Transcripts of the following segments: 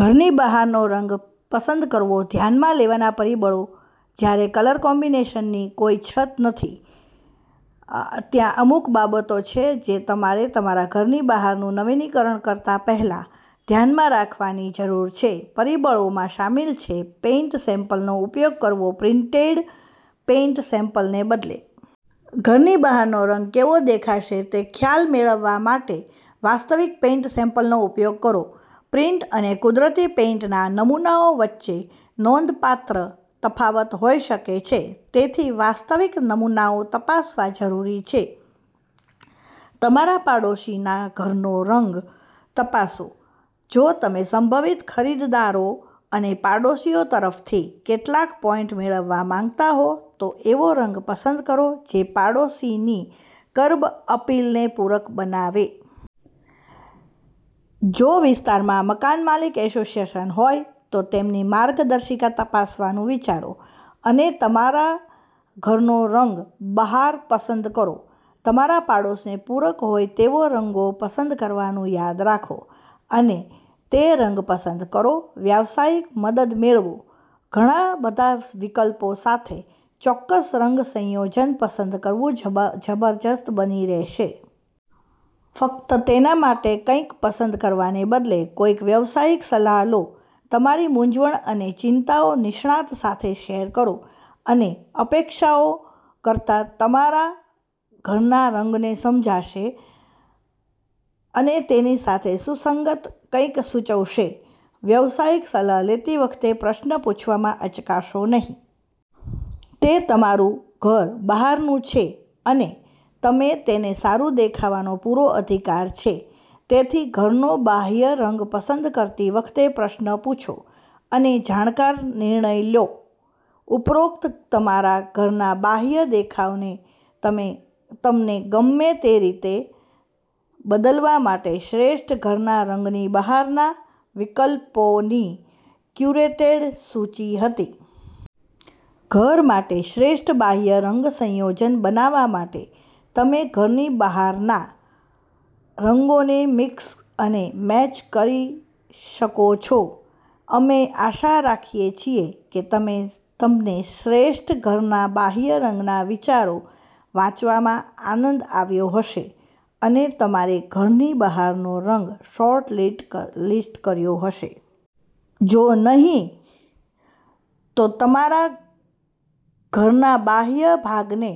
ઘરની બહારનો રંગ પસંદ કરવો ધ્યાનમાં લેવાના પરિબળો જ્યારે કલર કોમ્બિનેશનની કોઈ અછત નથી, ત્યાં અમુક બાબતો છે જે તમારે તમારા ઘરની બહારનું નવીનીકરણ કરતા પહેલા ધ્યાનમાં રાખવાની જરૂર છે. પરિબળોમાં શામેલ છે પેઇન્ટ સેમ્પલનો ઉપયોગ કરવો પ્રિન્ટેડ પેઇન્ટ સેમ્પલને બદલે. ઘરની બહારનો રંગ કેવો દેખાશે તેનો ખ્યાલ મેળવવા માટે વાસ્તવિક પેઇન્ટ સેમ્પલનો ઉપયોગ કરો. પ્રિન્ટ અને કુદરતી પેઇન્ટના નમૂનાઓ વચ્ચે નોંધપાત્ર તફાવત હોઈ શકે છે, તેથી વાસ્તવિક નમૂનાઓ તપાસવા જરૂરી છે. તમારા પડોશીના ઘરના રંગો તપાસો જો તમે સંભવિત ખરીદદારો અને પડોશીઓ તરફથી કેટલાક પોઈન્ટ મેળવવા માંગતા હો, તો એવો રંગ પસંદ કરો કે જે પડોશની કર્બ અપીલને પૂરક બનાવે. જો વિસ્તારમાં મકાનમાલિક એસોસિએશન હોય, તો તેમની માર્ગદર્શિકા તપાસવાનું વિચારો અને તમારા ઘરનો રંગ બહાર પસંદ કરો. તમારા પડોશને પૂરક હોય તેવા રંગો પસંદ કરવાનું યાદ રાખો અને તે રંગ પસંદ કરો. વ્યવસાયિક મદદ મેળવો ઘણા બધા વિકલ્પો સાથે, ચોક્કસ રંગ સંયોજન પસંદ કરવું જબરજસ્ત બની શકે છે. ફક્ત તેના માટે કંઈક પસંદ કરવાને બદલે કોઈ વ્યાવસાયિકની સલાહ લો. તમારી મૂંઝવણ અને ચિંતાઓ નિષ્ણાત સાથે શેર કરો. તેઓ અપેક્ષાઓ કરતાં તમારા ઘરના રંગને સમજશે અને તેની સાથે સુસંગત કંઈક સૂચવશે. વ્યવસાયિક સલાહ લેતી વખતે, પ્રશ્નો પૂછવામાં અચકાશો નહીં. તે તમારું ઘર બહારનું છે અને તમને તેને સારું દેખાવાનો પૂરો અધિકાર છે. તેથી, ઘરનો બાહ્ય રંગ પસંદ કરતી વખતે પ્રશ્નો પૂછો અને જાણકાર નિર્ણય લો. ઉપરોક્ત તમારા ઘરના બાહ્ય દેખાવને તમને ગમે તે રીતે બદલવા માટે શ્રેષ્ઠ ઘરના રંગની બહારના વિકલ્પોની ક્યુરેટેડ સૂચિ હતી. ઘર માટે શ્રેષ્ઠ બાહ્ય રંગ સંયોજન બનાવવા માટે તમે ઘરની બહારના રંગોને મિક્સ અને મેચ પણ કરી શકો છો. અમે આશા રાખીએ છીએ કે તમને શ્રેષ્ઠ ઘરના બાહ્ય રંગના વિચારો વાંચવામાં આનંદ આવ્યો હશે અને તમારે ઘરની બહારનો રંગ શોર્ટલિસ્ટ કર્યો હશે. જો નહિં, તો તમારા ઘરના બાહ્ય ભાગને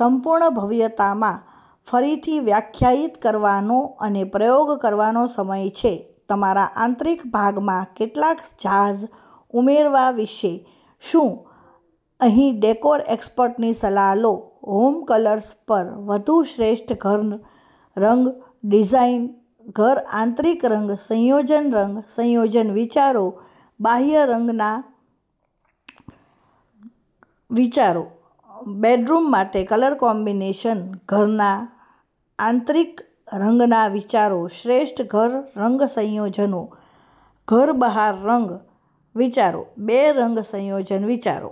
સંપૂર્ણ ભવ્યતામાં ફરીથી વ્યાખ્યાયિત કરવાનો અને પ્રયોગ કરવાનો સમય છે. તમારા આંતરિક ભાગમાં કેટલાક જાઝ ઉમેરવા વિશે શું? અહીં ડેકોર એક્સપર્ટની સલાહ લો. હોમ કલર્સ પર વધુ શ્રેષ્ઠ ઘર રંગ ડિઝાઇન ઘર આંતરિક રંગ સંયોજન રંગ સંયોજન વિચારો, બાહ્ય ઘરના રંગ વિચારો, બેડરૂમ માટે કલર કોમ્બિનેશન ઘરના આંતરિક રંગના વિચારો, શ્રેષ્ઠ ઘર રંગ સંયોજનો ઘર બહાર રંગ વિચારો, બે રંગ સંયોજન વિચારો.